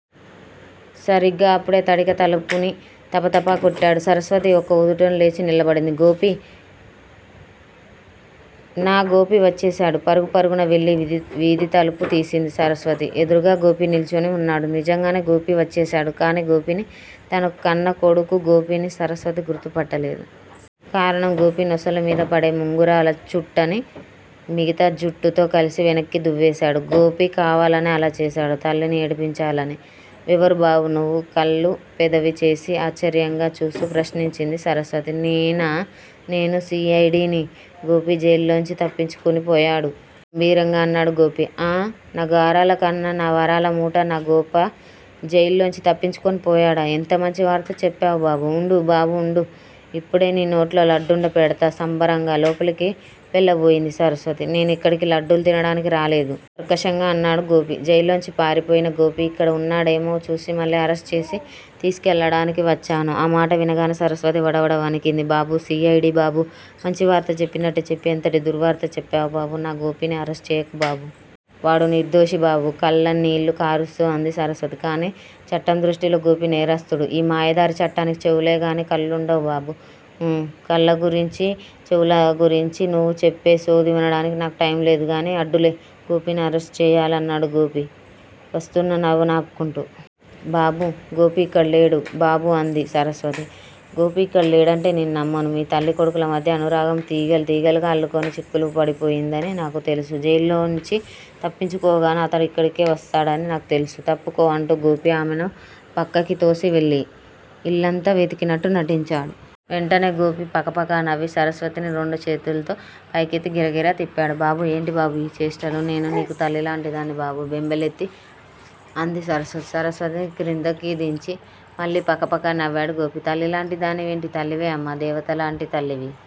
సరిగ్గా అప్పుడే తడిక తలుపుని తప తపా కొట్టాడు. సరస్వతి ఒక్క ఉదుటున లేచి నిలబడింది. గోపీ? నా గోపీ వచ్చేశాడు!! పరుగు పరుగున వెళ్ళి వీధి తలుపు తీసింది సరస్వతి. ఎదురుగా గోపి నిల్చుని ఉన్నాడు. నిజంగానే గోపి వచ్చేశాడు. కాని గోపిని, తన కన్నకొడుకు గోపిని సరస్వతి గుర్తు పట్టలేదు. కారణం గోపి నొసలుమీద పడే ముంగురాల చుట్టని మిగతా జుట్టుతో కలిసి వెనక్కి దువ్వేశాడు. గోపి కావాలనే అలాచేసాడు తల్లిని ఏడిపించాలని! ఎవరుబాబూ నువ్వు కళ్ళు పెదవిచేసి ఆశ్చర్యంగా చూస్తూ ప్రశ్నించింది సరస్వతి. నేనా? నేను సి. ఐ. డి. ని, గోపీ జైల్లోంచి తప్పించుకునిపోయాడు! గంభీరంగా అన్నాడు గోపి. ఆ. నా గారాలకన్న, నా వరాలమూట, నా గోప జైల్లోంచి తప్పించుకుని పోయాడా? ఎంత మంచి వార్త చెప్పావు బాబూ? ఉండు బాబూ ఉండు. ఇప్పుడే నీ నోట్లో లడ్డుండ పెడ్తా సంబరంగా లోపలికి వెళ్ళబోయింది సరస్వతి. నేను ఇక్కడికి లడ్డులు తినడానికి రాలేదు. కర్కశంగా అన్నాడు గోపి. జైల్లోంచి పారిపోయిన గోపి ఇక్కడ ఉన్నాడేమో చూసి మళ్ళీ అరెస్టుచేసి తీసుకెళ్ళడానికి వచ్చాను! ఆ మాట వినగానే సరస్వతి వడవడా వణికింది. బాబూ, సి. ఐ. డి. బాబూ. మంచివార్త చెప్పినట్టే చెప్పి ఎంతటి దుర్వార్త చెప్పావుబాబూ. నా గోపిని అరెస్టు చేయకు బాబూ. వాడు నిర్దోషి బాబూ కళ్ళనీళ్ళు కారుస్తూ అంది సరస్వతి. కానీ చట్టం దృష్టింలో గోపీ నేరస్థుడు. ఈ మాయదారి చట్టానికి చెవులేగానీ కళ్ళుండవు బాబూ. ఊ. కళ్ళగురించీ, చెవులగురించీ నువ్వు చెప్పేసోది వినడానికి నాకు టైంలేదుగానీ, అడ్డులే. గోపిని అరెస్టు చేయాలి! అన్నాడు గోపి వస్తున్న నవ్వును ఆపుకుంటూ. బాబూ! గోపి ఇక్కడలేడు బాబూ అంది సరస్వతి. గోపి ఇక్కడ లేడంటే నేను నమ్మను. మీ తల్లి కొడుకుల మధ్య అనురాగం తీగెలు తీగెలుగా అల్లుకొని చిక్కులుపడిపయిందని నాకు తెలుసు. జైలునుంచి తప్పించుకోగానే అతను ఇక్కడికే వస్తాడని నాకు తెల్సు. తప్పుకో అంటూ గోపి ఆమెని పక్కకితోసి వెళ్ళి ఇల్లంతా వెతికినట్టు నటించాడు. వెంటనే గోపి పకపకా నవ్వి సరస్వతిని రెండు చేతుల్తో పైకెత్తి గిరగిరా తిప్పాడు. బాబూ! ఏంటి బాబూ ఈచేష్టలూ. నేను నీకు తల్లిలాంటిదాన్ని బాబూ బెంబేలెత్తి అంది సరస్వతి. సరస్వతిని క్రిందకిదించి మళ్ళీ పకపకా నవ్వాడు గోపి. తల్లిలాంటిదానివి ఏంటి? తల్లివే అమ్మా. దేవతలాంటి తల్లివి!